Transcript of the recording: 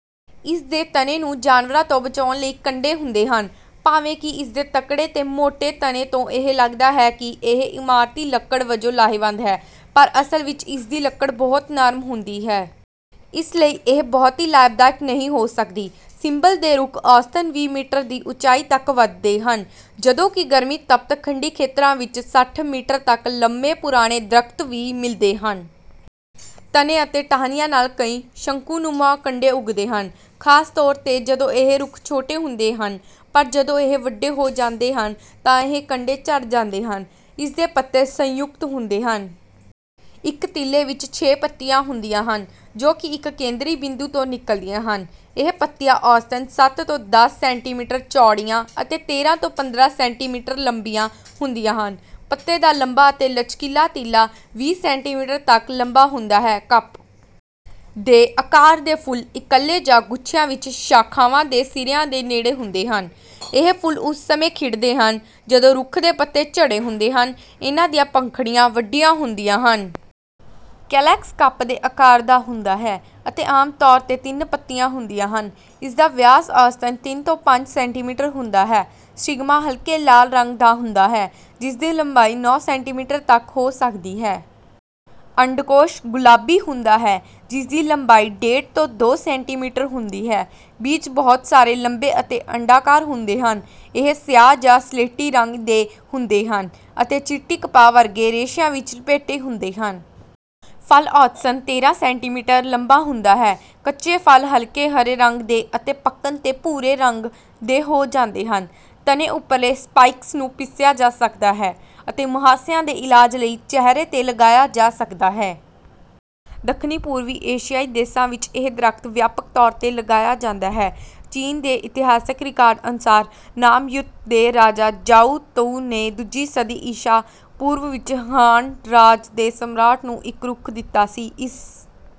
ਇਸ ਦੇ ਤਣੇ ਨੂੰ ਜਾਨਵਰਾਂ ਤੋਂ ਬਚਾਉਣ ਲਈ ਕੰਡੇ ਹੁੰਦੇ ਹਨ। ਭਾਵੇਂ ਕਿ ਇਸ ਦੇ ਤਕੜੇ ਤੇ ਮੋਟੇ ਤਣੇ ਤੋਂ ਇਹ ਲੱਗਦਾ ਹੈ ਕਿ ਇਹ ਇਮਾਰਤੀ ਲੱਕੜ ਵਜੋਂ ਲਾਹੇਵੰਦ ਹੈ, ਪਰ ਅਸਲ ਵਿੱਚ ਇਸ ਦੀ ਲੱਕੜ ਬਹੁਤ ਨਰਮ ਹੁੰਦੀ ਹੈ। ਇਸ ਲਈ ਇਹ ਬਹੁਤੀ ਲਾਭਦਾਇਕ ਨਹੀਂ ਹੋ ਸਕਦੀ। ਸਿੰਬਲ ਦੇ ਰੁੱਖ ਔਸਤਨ ਵੀਹ ਮੀਟਰ ਦੀ ਉਚਾਈ ਤੱਕ ਵਧਦੇ ਹਨ, ਜਦੋਂ ਕਿ ਗਰਮ ਤਪਤ-ਖੰਡੀ ਖੇਤਰਾਂ ਵਿੱਚ ਸੱਠ ਮੀਟਰ ਤੱਕ ਲੰਮੇ ਪੁਰਾਣੇ ਦਰੱਖ਼ਤ ਵੀ ਮਿਲਦੇ ਹਨ। ਤਣੇ ਅਤੇ ਟਾਹਣੀਆਂ ਨਾਲ ਕਈ ਸ਼ੰਕੂ-ਨੁਮਾ ਕੰਡੇ ਉੱਗਦੇ ਹਨ, ਖ਼ਾਸ ਤੌਰ 'ਤੇ ਜਦੋਂ ਇਹ ਰੁੱਖ ਛੋਟੇ ਹੁੰਦੇ ਹਨ। ਪਰ ਜਦੋਂ ਇਹ ਵੱਡੇ ਹੋ ਜਾਂਦੇ ਹਨ ਤਾਂ ਇਹ ਕੰਡੇ ਝੜ ਜਾਂਦੇ ਹਨ। ਇਸ ਦੇ ਪੱਤੇ ਸੰਯੁਕਤ ਹੁੰਦੇ ਹਨ। ਇੱਕ ਤੀਲੇ ਵਿੱਚ ਛੇ ਪੱਤੀਆਂ ਹੁੰਦੀਆਂ ਹਨ, ਜੋ ਕਿ ਇੱਕ ਕੇਂਦਰੀ ਬਿੰਦੂ ਤੋਂ ਨਿਕਲਦੀਆਂ ਹਨ। ਇਹ ਪੱਤੀਆਂ ਔਸਤਨ ਸੱਤ ਤੋਂ ਦੱਸ ਸੈਂਟੀਮੀਟਰ ਚੌੜੀਆਂ ਅਤੇ ਤੇਰ੍ਹਾਂ ਤੋਂ ਪੰਦਰਾਂ ਸੈਂਟੀਮੀਟਰ ਲੰਬੀਆਂ ਹੁੰਦੀਆਂ ਹਨ। ਪੱਤੇ ਦਾ ਲੰਬਾ ਅਤੇ ਲਚਕੀਲਾ ਤੀਲਾ ਵੀਹ ਸੈਂਟੀਮੀਟਰ ਤੱਕ ਲੰਬਾ ਹੁੰਦਾ ਹੈ। ਕੱਪ ਦੇ ਆਕਾਰ ਦੇ ਫੁੱਲ ਇਕੱਲੇ ਜਾਂ ਗੁੱਛਿਆਂ ਵਿੱਚ ਸ਼ਾਖਾਵਾਂ ਦੇ ਸਿਰਿਆਂ ਦੇ ਨੇੜੇ ਹੁੰਦੇ ਹਨ। ਇਹ ਫੁੱਲ ਉਸ ਸਮੇਂ ਖਿੜਦੇ ਹਨ, ਜਦੋਂ ਰੁੱਖ ਦੇ ਪੱਤੇ ਝੜੇ ਹੁੰਦੇ ਹਨ। ਇਨ੍ਹਾਂ ਦੀਆਂ ਪੰਖੜੀਆਂ ਵੱਡੀਆਂ ਹੁੰਦੀਆਂ ਹਨ। ਕੈਲੇਕਸ ਕੱਪ ਦੇ ਆਕਾਰ ਦਾ ਹੁੰਦਾ ਹੈ ਅਤੇ ਆਮ ਤੌਰ 'ਤੇ ਤਿੰਨ ਪੱਤੀਆਂ ਹੁੰਦੀਆਂ ਹਨ। ਇਸ ਦਾ ਵਿਆਸ ਔਸਤਨ ਤਿੰਨ ਤੋਂ ਪੰਜ ਸੈਂਟੀਮੀਟਰ ਹੁੰਦਾ ਹੈ। ਸਿਗਮਾ ਹਲਕੇ ਲਾਲ ਰੰਗ ਦਾ ਹੁੰਦਾ ਹੈ, ਜਿਸ ਦੀ ਲੰਬਾਈ ਨੌਂ ਸੈਂਟੀਮੀਟਰ ਤੱਕ ਹੋ ਸਕਦੀ ਹੈ। ਅੰਡਕੋਸ਼ ਗੁਲਾਬੀ ਹੁੰਦਾ ਹੈ, ਜਿਸ ਦੀ ਲੰਬਾਈ ਡੇਢ ਤੋਂ ਦੋ ਸੈਂਟੀਮੀਟਰ ਹੁੰਦੀ ਹੈ। ਬੀਜ ਬਹੁਤ ਸਾਰੇ, ਲੰਬੇ ਅਤੇ ਅੰਡਾਕਾਰ ਹੁੰਦੇ ਹਨ। ਇਹ ਸਿਆਹ ਜਾਂ ਸਲੇਟੀ ਰੰਗ ਦੇ ਹੁੰਦੇ ਹਨ ਅਤੇ ਚਿੱਟੀ ਕਪਾਹ ਵਰਗੇ ਰੇਸ਼ਿਆਂ ਵਿੱਚ ਲਪੇਟੇ ਹੁੰਦੇ ਹਨ। ਫਲ ਔਸਤਨ ਤੇਰ੍ਹਾਂ ਸੈਂਟੀਮੀਟਰ ਲੰਬਾ ਹੁੰਦਾ ਹੈ। ਕੱਚੇ ਫਲ ਹਲਕੇ ਹਰੇ ਰੰਗ ਦੇ ਅਤੇ ਪੱਕਣ 'ਤੇ ਭੂਰੇ ਰੰਗ ਦੇ ਹੋ ਜਾਂਦੇ ਹਨ। ਤਣੇ ਉੱਪਰਲੇ ਸਪਾਈਕਸ ਨੂੰ ਪੀਸਿਆ ਜਾ ਸਕਦਾ ਹੈ ਅਤੇ ਮੁਹਾਂਸਿਆਂ ਦੇ ਇਲਾਜ ਲਈ ਚਿਹਰੇ 'ਤੇ ਲਗਾਇਆ ਜਾ ਸਕਦਾ ਹੈ। ਦੱਖਣੀ-ਪੂਰਬੀ ਏਸ਼ੀਆਈ ਦੇਸ਼ਾਂ ਵਿੱਚ ਇਹ ਦਰੱਖ਼ਤ ਵਿਆਪਕ ਤੌਰ 'ਤੇ ਲਗਾਇਆ ਜਾਂਦਾ ਹੈ। ਚੀਨ ਦੇ ਇਤਿਹਾਸਕ ਰਿਕਾਰਡ ਅਨੁਸਾਰ, ਨਾਮ ਯਿਊਤ ਦੇ ਰਾਜਾ ਜ਼ਾਓ ਤੁਓ ਨੇ ਦੂਜੀ ਸਦੀ ਈਸਾ ਪੂਰਵ ਵਿੱਚ ਹਾਨ ਰਾਜ ਦੇ ਸਮਰਾਟ ਨੂੰ ਇੱਕ ਰੁੱਖ ਦਿੱਤਾ ਸੀ। ਇਸ